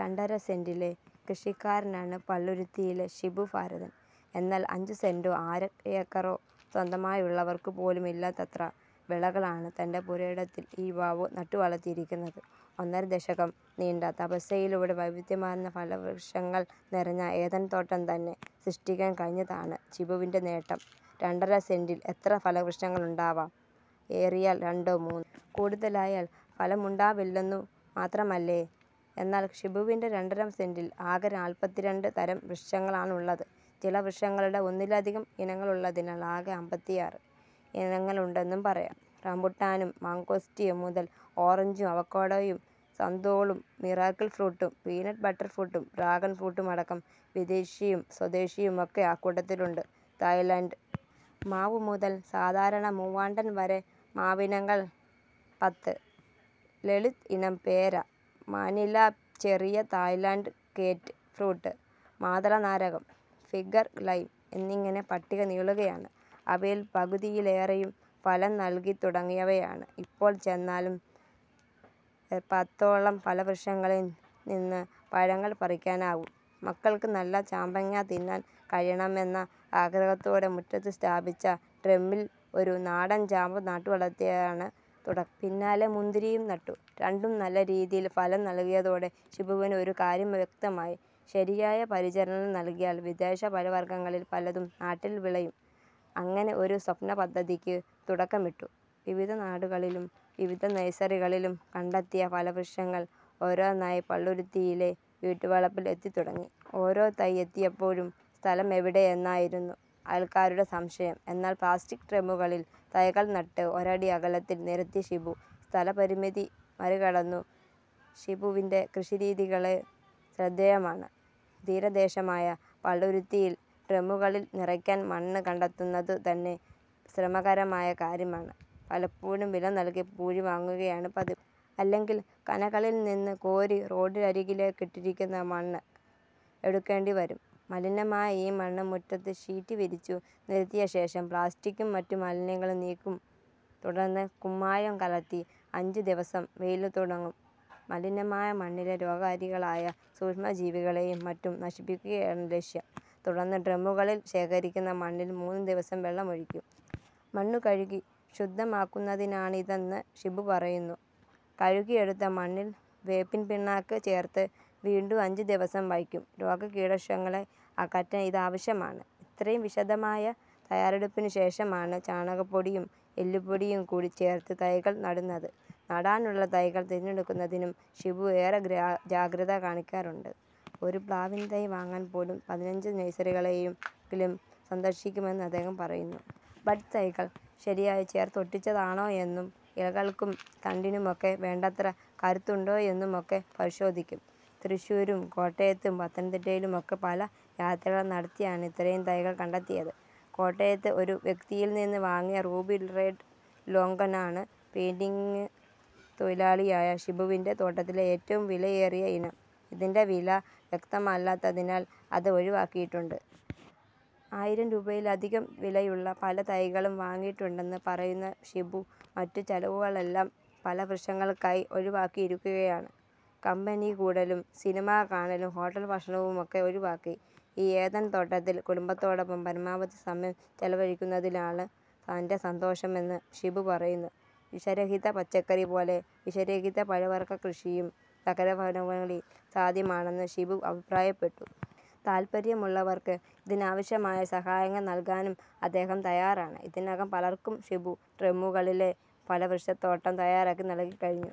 രണ്ടര സെന്റിലെ കൃഷിക്കാരനാണ് പള്ളുരുത്തിയിലെ ഷിബു ഭരതൻ. എന്നാൽ അഞ്ചുസെന്റോ അരയേക്കറോ സ്വന്തമായുള്ളവർക്കുപോലുമില്ലാത്തത്ര വിളകളാണ് തന്റെ പുരയിടത്തിൽ ഈ യുവാവ് നട്ടുവളർത്തിയിരിക്കുന്നത്. ഒന്നര ദശകം നീണ്ട തപസ്യയിലൂടെ വൈവിധ്യമാർന്ന ഫലവൃക്ഷങ്ങൾ നിറഞ്ഞ ഏദൻതോട്ടംതന്നെ സൃഷ്ടിക്കാൻ കഴിഞ്ഞതാണ് ഷിബുവിന്റെ നേട്ടം. രണ്ടര സെന്റിൽ എത്ര ഫലവൃക്ഷങ്ങളുണ്ടാവാം. ഏറിയാൽ രണ്ടോ മൂന്നോ. കൂടുതലായാൽ ഫലമുണ്ടാവില്ലെന്നു മാത്രമല്ലേ. എന്നാൽ ഷിബുവിന്റെ രണ്ടര സെന്റിൽ ആകെ നാൽപ്പത്തിരണ്ട് തരം ഫലവൃക്ഷങ്ങളാണുള്ളത്. ചില വൃക്ഷങ്ങളുടെ ഒന്നിലധികം ഇനങ്ങളുള്ളതിനാൽ ആകെ അമ്പത്തിയാറ് ഇനങ്ങളുണ്ടെന്നും പറയാം. റംബുട്ടാനും മംഗോസ്റ്റിനും മുതൽ ഓറഞ്ചും അവക്കാഡോയും സാന്തോളും മിറക്കിൾ ഫ്രൂട്ടും പീനട്ട് ബട്ടർ ഫ്രൂട്ടും ഡ്രാഗൺ ഫ്രൂട്ടുമടക്കം വിദേശിയും സ്വദേശിയുമൊക്കെ അക്കൂട്ടത്തിലുണ്ട്. തായ്‌ലൻഡ് മാവ് മുതൽ സാധാരണ മൂവാണ്ടൻ വരെ മാവിനങ്ങൾ പത്ത്. ലളിത് ഇനം പേര, മനില ചെറി, തായ്‌ലൻഡ് കേറ്റ് ഫ്രൂട്ട്, മാതളനാരകം, ഫിഗർ ലൈം എന്നിങ്ങനെ പട്ടിക നീളുകയാണ്. അവയിൽ പകുതിയിലേറെയും ഫലം നൽകിത്തുടങ്ങിയവയാണ്. ഇപ്പോൾ ചെന്നാലും പത്തോളം ഫലവൃക്ഷങ്ങളിൽനിന്ന് പഴങ്ങൾ പറിക്കാനാവും. മക്കൾക്ക് നല്ല ചാമ്പങ്ങ തിന്നാൻ കഴിയണമെന്ന ആഗ്രഹത്തോടെ മുറ്റത്ത് സ്ഥാപിച്ച ഡ്രമ്മിൽ ഒരു നാടൻ ചാമ്പ നട്ടുവളർത്തിയാണ് തുടക്കം. പിന്നാലെ മുന്തിരിയും നട്ടു. രണ്ടും നല്ല രീതിയിൽ ഫലം നൽകിയതോടെ ഷിബുവിന് ഒരു കാര്യം വ്യക്തമായി. ശരിയായ പരിചരണം നൽകിയാൽ വിദേശ പഴവർഗങ്ങളിൽ പലതും നാട്ടിൽ വിളയും. അങ്ങനെ ഒരു സ്വപ്നപദ്ധതിക്ക് തുടക്കമിട്ടു. വിവിധ നാടുകളിലും വിവിധ നഴ്സറികളിലും കണ്ടെത്തിയ ഫലവൃക്ഷങ്ങൾ ഓരോന്നായി പള്ളുരുത്തിയിലെ വീട്ടുവളപ്പിൽ എത്തിത്തുടങ്ങി. ഓരോ തൈ എത്തിയപ്പോഴും സ്ഥലമെവിടെ എന്നായിരുന്നു അയൽക്കാരുടെ സംശയം. എന്നാൽ പ്ലാസ്റ്റിക് ഡ്രമ്മുകളിൽ തൈകൾ നട്ട് ഒരടി അകലത്തിൽ നിരത്തി ഷിബു സ്ഥലപരിമിതി മറികടന്നു. ഷിബുവിന്റെ കൃഷിരീതികളും ശ്രദ്ധേയമാണ്. തീരദേശമായ പള്ളുരുത്തിയിൽ ഡ്രമ്മുകളിൽ നിറയ്ക്കാൻ മണ്ണ് കണ്ടെത്തുന്നതുതന്നെ ശ്രമകരമായ കാര്യമാണ്. പലപ്പോഴും വില നൽകി പൂഴി വാങ്ങുകയാണ് പതിവ്. അല്ലെങ്കിൽ കാനകളിൽനിന്ന് കോരി റോഡരികിലിട്ടിരിക്കുന്ന മണ്ണ് എടുക്കേണ്ടിവരും. മലിനമായ ഈ മണ്ണ് മുറ്റത്ത് ഷീറ്റ് വിരിച്ചു നിരത്തിയശേഷം പ്ലാസ്റ്റിക്കും മറ്റ് മാലിന്യങ്ങളും നീക്കും. തുടർന്ന് കുമ്മായം കലർത്തി അഞ്ച് ദിവസം വെയിലത്തുണങ്ങും. മലിനമായ മണ്ണിലെ രോഗകാരികളായ സൂക്ഷ്മജീവികളെയും മറ്റും നശിപ്പിക്കുകയാണ് ലക്ഷ്യം. തുടർന്ന് ഡ്രമ്മുകളിൽ ശേഖരിക്കുന്ന മണ്ണിൽ മൂന്ന് ദിവസം വെള്ളമൊഴിക്കും. മണ്ണ് കഴുകി ശുദ്ധമാക്കുന്നതിനാണിതെന്ന് ഷിബു പറയുന്നു. കഴുകിയെടുത്ത മണ്ണിൽ വേപ്പിൻപിണ്ണാക്ക് ചേർത്ത് വീണ്ടും അഞ്ച് ദിവസം വയ്ക്കും. രോഗകീടശല്യങ്ങളെ അകറ്റാൻ ഇതാവശ്യമാണ്. ഇത്രയും വിശദമായ തയാറെടുപ്പിനുശേഷമാണ് ചാണകപ്പൊടിയും എല്ലുപൊടിയും കൂടി ചേർത്ത് തൈകൾ നടുന്നത്. നടാനുള്ള തൈകൾ തിരഞ്ഞെടുക്കുന്നതിനും ഷിബു ഏറെ ജാഗ്രത കാണിക്കാറുണ്ട്. ഒരു പ്ലാവിൻതൈ വാങ്ങാൻ പോലും പതിനഞ്ച് നഴ്സറികളെങ്കിലും സന്ദർശിക്കുമെന്ന് അദ്ദേഹം പറയുന്നു. ബഡ് തൈകൾ ശരിയായി ചേർത്തൊട്ടിച്ചതാണോയെന്നും ഇലകൾക്കും തണ്ടിനുമൊക്കെ വേണ്ടത്ര കരുത്തുണ്ടോയെന്നുമൊക്കെ പരിശോധിക്കും. തൃശ്ശൂരും കോട്ടയത്തും പത്തനംതിട്ടയിലുമൊക്കെ പല യാത്രകൾ നടത്തിയാണ് ഇത്രയും തൈകൾ കണ്ടെത്തിയത്. കോട്ടയത്ത് ഒരു വ്യക്തിയിൽനിന്ന് വാങ്ങിയ റൂബി റെഡ് ലോംഗനാണ് പെയിന്റിങ് തൊഴിലാളിയായ ഷിബുവിന്റെ തോട്ടത്തിലെ ഏറ്റവും വിലയേറിയ ഇനം. ഇതിന്റെ വില വ്യക്തമല്ലാത്തതിനാൽ അത് ഒഴിവാക്കിയിട്ടുണ്ട്. ആയിരം രൂപയിലധികം വിലയുള്ള പല തൈകളും വാങ്ങിയിട്ടുണ്ടെന്ന് പറയുന്ന ഷിബു മറ്റു ചെലവുകളെല്ലാം ഫലവൃക്ഷങ്ങൾക്കായി ഒഴിവാക്കിയിരിക്കുകയാണ്. കമ്പനിക്കൂടലും സിനിമ കാണലും ഹോട്ടൽ ഭക്ഷണവുമൊക്കെ ഒഴിവാക്കി ഈ ഏദൻതോട്ടത്തിൽ കുടുംബത്തോടൊപ്പം പരമാവധി സമയം ചെലവഴിക്കുന്നതിലാണ് തന്റെ സന്തോഷമെന്ന് ഷിബു പറയുന്നു. വിഷരഹിത പച്ചക്കറി പോലെ വിഷരഹിത പഴവർഗക്കൃഷിയും നഗരഭവനങ്ങളിൽ സാധ്യമാണെന്ന് ഷിബു അഭിപ്രായപ്പെട്ടു. താൽപര്യമുള്ളവർക്ക് ഇതിനാവശ്യമായ സഹായങ്ങൾ നൽകാനും അദ്ദേഹം തയാറാണ്. ഇതിനകം പലർക്കും ഷിബു ഡ്രമ്മുകളിലെ ഫലവൃക്ഷത്തോട്ടം തയാറാക്കി നൽകിക്കഴിഞ്ഞു.